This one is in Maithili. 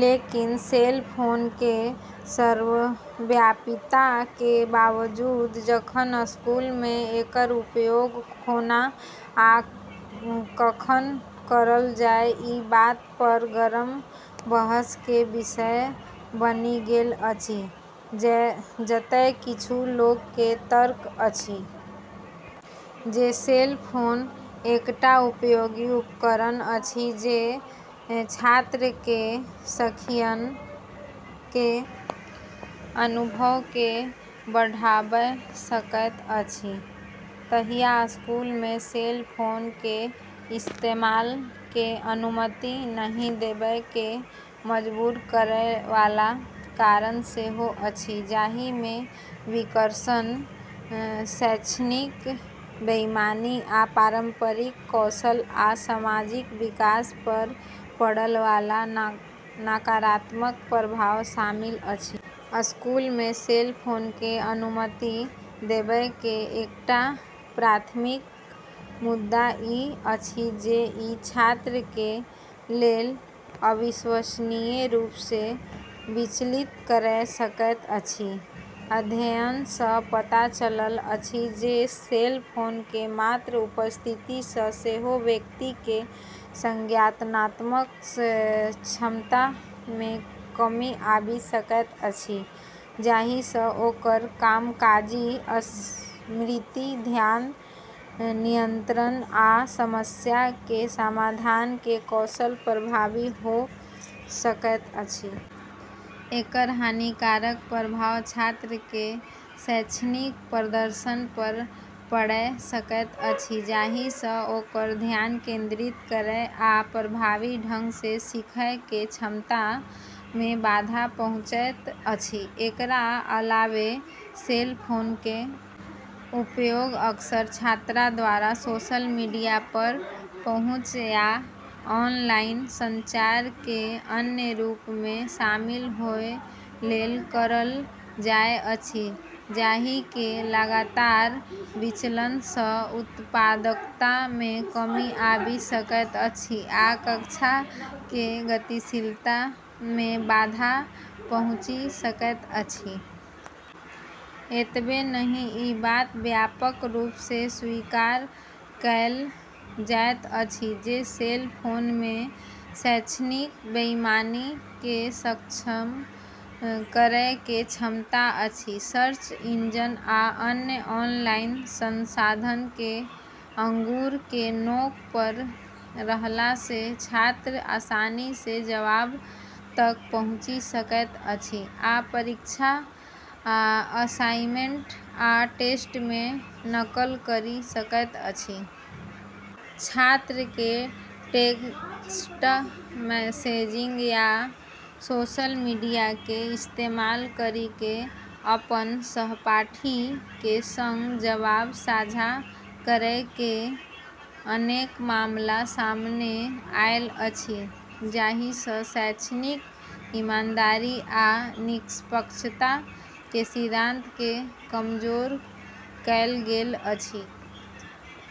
लेकिन, सेल फोन के सर्वव्यापीता के बावजूद जखन स्कूल मे एकर उपयोग कोना आ कखन करल जाए, ई बात पर गरम बहस के विषय बनि गेल अछि। जतय किछु लोक के तर्क अछि जे सेल फोन एकटा उपयोगी उपकरण अछि जे छात्र के सीखय के अनुभव के बढ़ाबय सकैत अछि, तहिया स्कूल मे सेल फोन के इस्तेमाल के अनुमति नहि देबय के मजबूर करय वाला कारण सेहो अछि, जाहि मे विकर्षण, शैक्षणिक बेईमानी आ पारस्परिक कौशल आ सामाजिक विकास पर पड़य वाला नकारात्मक प्रभाव शामिल अछि। स्कूल मे सेल फोन के अनुमति देबय के एकटा प्राथमिक मुद्दा ई अछि जे ई छात्र के लेल अविश्वसनीय रूप सँ विचलित करय सकैत अछि। अध्ययन सँ पता चलल अछि जे सेल फोन के मात्र उपस्थिति सँ सेहो व्यक्ति के संज्ञानात्मक क्षमता मे कमी आबि सकैत अछि, जाहि सँ ओकर कामकाजी स्मृति, ध्यान नियंत्रण आ समस्या के समाधान के कौशल प्रभावित होय सकैत अछि। एकर हानिकारक प्रभाव छात्र के शैक्षणिक प्रदर्शन पर पड़ै सकैत अछि, जाहि सँ ओकर ध्यान केंद्रित करय आ प्रभावी ढंग सँ सीखय के क्षमता मे बाधा पहुँचैत अछि। एकरा अलावे, सेल फोन के उपयोग अक्सर छात्र द्वारा सोशल मीडिया पर पहुँचय आ ऑनलाइन संचार के अन्य रूप मे शामिल होय लेल करल जाएत अछि, जाहि के लगातार विचलन सँ उत्पादकता मे कमी आबि सकैत अछि आ कक्षा के गतिशीलता मे बाधा पहुँचि सकैत अछि। एतबे नहि, ई बात व्यापक रूप सँ स्वीकार कएल जाएत अछि जे सेल फोन मे शैक्षणिक बेईमानी के सक्षम करय के क्षमता अछि। सर्च इंजन आ अन्य ऑनलाइन संसाधन के अंगुर के नोक पर रहला सँ छात्र आसानी सँ जवाब तक पहुँचि सकैत अछि आ परीक्षा, असाइनमेंट आ टेस्ट मे नकल करि सकैत अछि। छात्र के टेक्स्ट मैसेजिंग या सोशल मीडिया के इस्तेमाल करि क' अपन सहपाठी के संग जवाब साझा करय के अनेक मामला सामने आएल अछि, जाहि सँ शैक्षणिक ईमानदारी आ निष्पक्षता के सिद्धांत के कमजोर कएल गेल अछि।